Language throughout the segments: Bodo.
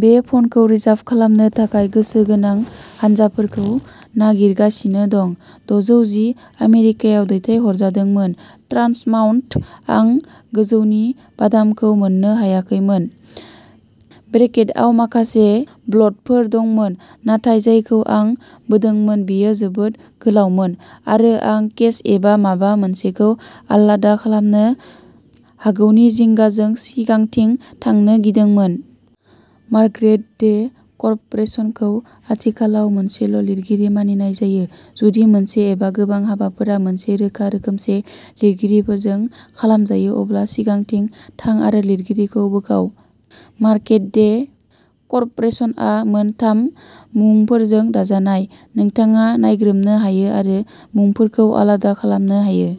बे फ'नखौ रिजार्भ खालामनो थाखाय गोसो गोनां हानजाफोरखौ नागिरगासिनो दं। दजौ जि आमेरिकायाव दैथायहरजादोंमोन। ट्रान्स माउन्ट आं गोजौनि बादामखौ मोन्नो हायाखैमोन। ब्रेकेटआव माखासे बल्टफोर दंमोन नाथाय जायखौ आं बोदोंमोन बेयो जोबोद गोलावमोन आरो आं केस एबा माबा मोनसेखौ आलादा खालामनो हागौनि जिंगाजों सिगांथिं थांनो गिदोंमोन। मार्केट डे कर्प'रेसनखौ आथिखालाव मोनसेल' लिरगिरि मानिनाय जायो। जुदि मोनसे एबा गोबां हाबाफोरा मोनसे रोखा रोखोमसे लिरगिरिफोरजों खालामजायो अब्ला सिगांथिं थां आरो लिरगिरिखौ बोखाव। मार्केट डे कर्प'रेसनआ मोन थाम मुंफोरजों दाजानाय। नोंथाङा नायग्रोमनो हायो आरो मुंफोरखौ आलादा खालामनो हायो।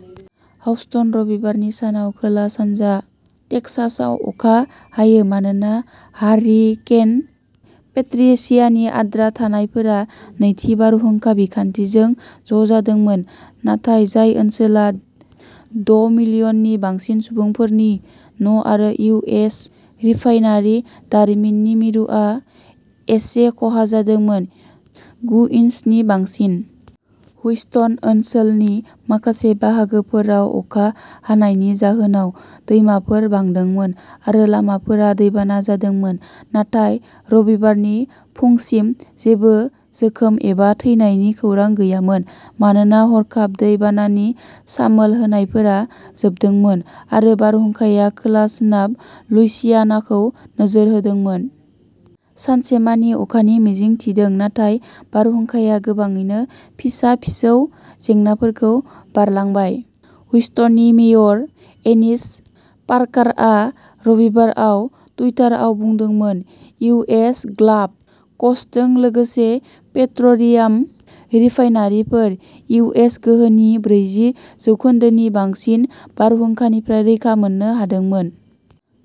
हाउस्टन रबिबारनि सानाव खोला सानजा टेक्सासआव अखा हायो मानोना हारिकेन पेट्रिशियानि आद्रा थानायफोरा नैथि बारहुंखा बिखान्थिजों ज'जादोंमोन नाथाय जाय ओनसोला द'मिलियननि बांसिन सुबुंफोरनि न'आरो इउ एस रिफाइनारि दारिमिननि मिरुआ एसे खहा जादोंमोन। गु इन्सि नि बांसिन। ह्यूस्टन ओनसोलनि माखासे बाहागोफोराव अखा हानायनि जाहोनाव दैमाफोर बांदोंमोन आरो लामाफोरा दैबाना जादोंमोन नाथाय रबिबारनि फुंसिम जेबो जोखोम एबा थैनायनि खौरां गैयामोन मानोना हरखाब दै बानानि सामोल होनायफोरा जोबदोंमोन आरो बारहुंखाया खोला सोनाब लुइसियानाखौ नोजोर होदोंमोन। सानसेमानि अखानि मिजिं थिदों नाथाय बारहुंखाया गोबाङैनो फिसा-फिसौ जेंनाफोरजों बारलांबाय ह्यूस्टननि मेयर एनिस पार्कारा रबिबाराव टुइटाराव बुंदोंमोन। इउ एस गाल्फ क'स्टजों लोगोसे पेट्र'लियाम रिफाइनारिफोर इउ एस गोहोनि ब्रैजि जौखोन्दोनि बांसिन बारहुंखानिफ्राय रैखा मोननो हादोंमोन।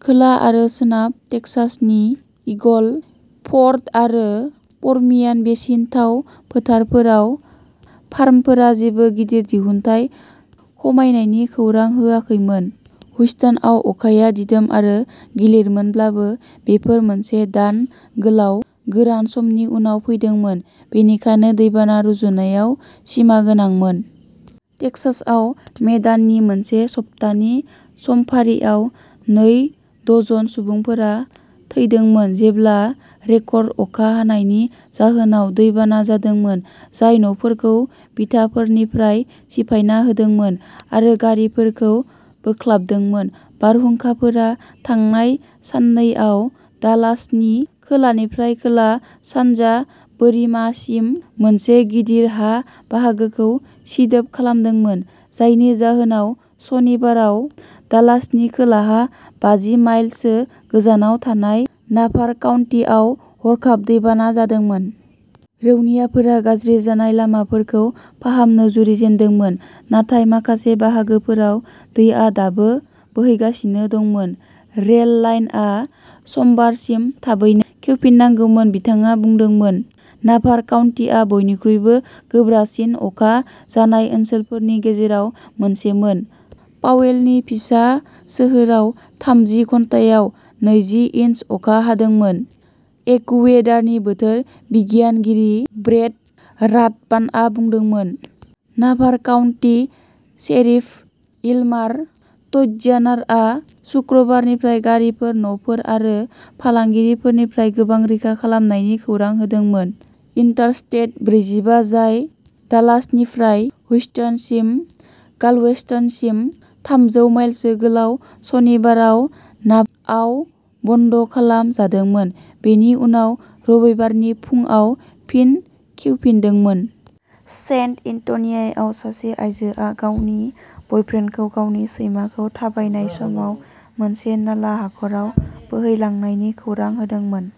खोला आरो सोनाब टेक्सासनि ईगल फ'र्ड आरो पर्मियान बेसिन थाव फोथारफोराव फार्मफोरा जेबो गिदिर दिहुनथाइ खमायनायनि खौरां होआखैमोन। ह्यूस्टनआव अखाया दिदोम आरो गिलिरमोनब्लाबो बेफोर मोनसे दान गोलाव गोरान समनि उनाव फैदोंमोन बेनिखायनो दैबाना रुजुनायाव सिमागोनांमोन। टेक्सासआव मे दाननि मोनसे सप्तानि समफारियाव नै दजन सुबुंफोरा थैदोंमोन जेब्ला रेकर्ड अखा हानायनि जाहोनाव दैबाना जादोंमोन जाय न'फोरखौ बिथाफोरनिफ्राय सिफायना होदोंमोन आरो गारिफोरखौ बोख्लाबहोदोंमोन। बारहुंखाफोरा थांनाय साननैआव डालासनि खोलानिफ्राय खोला सानजा बोरिमासिम मोनसे गिदिर हा बाहागोखौ सिदोब खालामदोंमोन जायनि जाहोनाव शनिबाराव डालासनि खोलाहा बाजि माइल सो गोजानाव थानाय नाभार'काउन्टीआव हरखाब दैबाना जादोंमोन। रौनियाफोरा गाज्रि जानाय लामाफोरखौ फाहामनो जुरिजेनदोंमोन नाथाय माखासे बाहागोफोराव दैआ दाबो बोहैगासिनो दंमोन। रेल लाइनआ समबारसिम थाबैनो खेवफिननांगौमोन बिथाङा बुंदोंमोन। नाभार'काउन्टीआ बयनिख्रुइबो गोब्राबसिन खहा जानाय ओनसोलफोरनि गेजेराव मोनसेमोन। पावेलनि फिसा सोहोराव थामजि घन्टायाव नैजि इन्सि अखा हादोंमोन एकुवेदारनि बोथोर बिगियानगिरि ब्रेट राथबानआ बुंदोंमोन। नाभार'काउन्टी शेरिफ एल्मार ट्यानारआ सुक्रुबारनिफ्राय गारिफोर न'फोर आरो फालांगिफोरनिफ्राय गोबां रैखा खालामनायनि खौरां होदोंमोन। इन्टारस्टेट ब्रैजिबा जाय डालासनिफ्राय ह्यूस्टनसिम गालवेस्टनसिम थामजौ माइलसो गोलाव सनिबाराव नाभार'आव बन्द' खालाम जादोंमोन बेनि उनाव रबिबारनि फुंआव फिन खेवफिनदोंमोन। सेन एन्ट'निय'आव सासे आइजोआ गावनि बायफ्रेन्डखौ गावनि सैमाखौ थाबायनाय समाव मोनसे नाला हाखराव बोहैलांनायनि खौरां होदोंमोन।